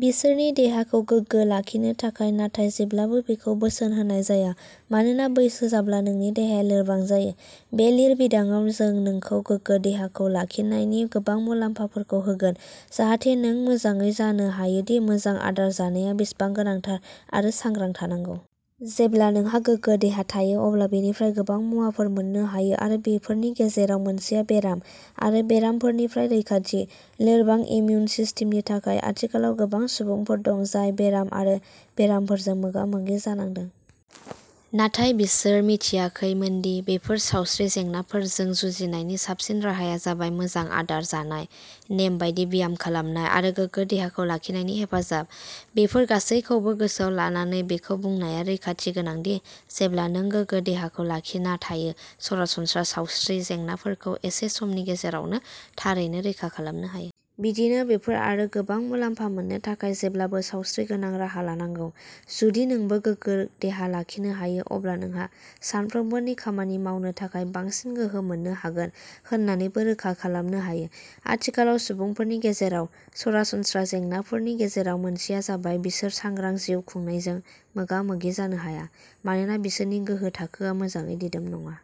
बिसोरनि देहाखौ गोगो लाखिनो थाखाय। नाथाय जेब्लाबो बेखौ बोसोन होनाय जाया मानोना बैसो जाब्ला नोंनि देहाया लोरबां जायो। बे लिरबिदांआव जों नोंखौ गोगो देहाखौ लाखिनायनि गोबां मुलाम्फाफोरखौ होगोन जाहाथे नों मोजाङै जानो हायोदि मोजां आदार जानाया बेसेबां गोनांथार आरो सांग्रां थानांगौ। जेब्ला नोंहा गोगो देहा थायो अब्ला बेनिफ्राय गोबां मुवाफोर मोननो हायो आरो बेफोरनि गेजेराव मोनसेआ बेराम आरो बेरामफोरनिफ्राय रैखाथि। लोरबां इमिउन सिस्टेमनि थाखाय आथिखालाव गोबां सुबुंफोर दं जाय बेराम आरो बेरामफोरजों मोगा-मोगि जानांदों। नाथाय बिसोर मिथियाखैमोनदि बेफोर सावस्रि जेंनाफोरजों जुजिनायनि साबसिन राहाया जाबाय मोजां आदार जानाय नेमबादि ब्याम खालामनाय आरो गोगो देहाखौ लाखिनायनि हेफाजाब। बेफोर गासैबोखौ गोसोआव लानानै बेखौ बुंनाया रैखाथि गोनांदि जेब्ला नों गोगो देहाखौ लाखिना थायो सरासनस्रा सावस्रि जेंनाफोरखौ एसे समनि गेजेरावनो थारैनो रैखा खालामनो हायो। बिदिनो बेफोर आरो गोबां मुलाम्फा मोननो थाखाय जेब्लाबो सावस्रि गोनां राहा लानांगौ। जुदि नोंबो गोगो देहा लाखिनो हायो अब्ला नोंहा सानफ्रोमबोनि खामानि मावनो थाखाय बांसिन गोहो मोन्नो हागोन होननानैबो रोखा खालामनो हायो। आथिखालाव सुबुंफोरनि गेजेराव सरासनस्रा जेंनाफोरनि गेजेराव मोनसेआ जाबाय बिसोर सांग्रां जिउ खुंनायजों मोगा-मोगि जानो हाया मानोना बिसोरनि गोहो थाखोआ मोजाङै दिदोम नङा।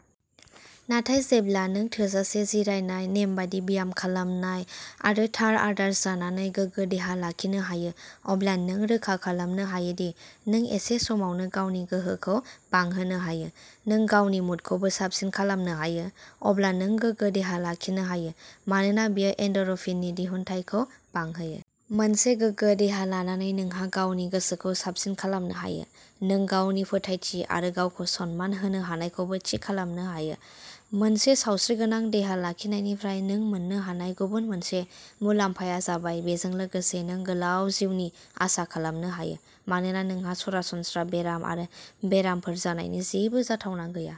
नाथाय जेब्ला नों थोजासे जिरायनाय नेमबादि ब्याम खालामनाय आरो थार आदार जानानै गोगो देहा लाखिनो हायो अब्ला नों रोखा खालामनो हायोदि नों एसे समावनो गावनि गोहोखौ बांहोनो हायो। नों गावनि मुडखौबो साबसिन खालामनो हायो जेब्ला नों गोगो देहा लाखिनो हायो मानोना बेयो एन्ड'रफिननि दिहुनथायखौ बांहोयो। मोनसे गोगो देहा लानानै नोंहा गावनि गोसोखौ साबसिन खालामनो हायो। नों गावनि फोथायथि आरो गावखौ सनमान होनो हानायखौबो थि खालामनो हायो। मोनसे सावस्रिगोनां देहा लाखिनायनिफ्राय नों मोननो हानाय गुबुन मोनसे मुलाम्फाया जाबाय बेजों लोगोसे नों गोलाव जिउनि आसा खालामनो हायो मानोना नोंहा सरासनस्रा बेराम आरो बेरामफोर जानायनि जेबो जाथावना गैया।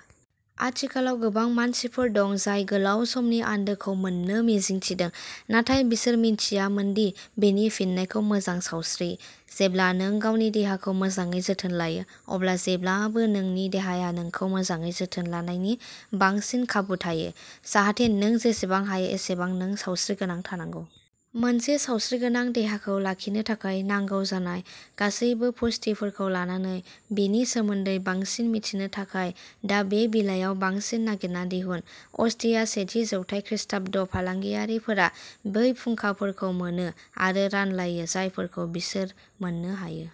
आथिखालाव गोबां मानसिफोर दं जाय गोलाव समनि आन्दोखौ मोन्नो मिजिं थिदों नाथाय बिसोर मिथियामोनदि बेनि फिननायखौ मोजां सावस्रि। जेब्ला नों गावनि देहाखौ मोजाङै जोथोन लायो अब्ला जेब्लाबो नोंनि देहाया नोंखौ मोजाङै जोथोन लानायनि बांसिन खाबु थायो जाहाथे नों जेसेबां हायो एसेबां नों सावस्रिगोनां थानांगौ। मोनसे सावस्रिगोनां देहाखौ लाखिनो थाखाय नांगौ जानाय गासैबो पुष्टिफोरखौ लानानै बेनि सोमोन्दै बांसिन मिथिनो थाखाय दा बे बिलाइयाव बांसिन नागिरना दिहुन। अस्टिया सेथि जौथाय खृष्टाब्द फालांगियारिफोरा बै फुंखाफोरखौ मोनो आरो रानलायो जायफोरखौ बिसोर मोननो हायो।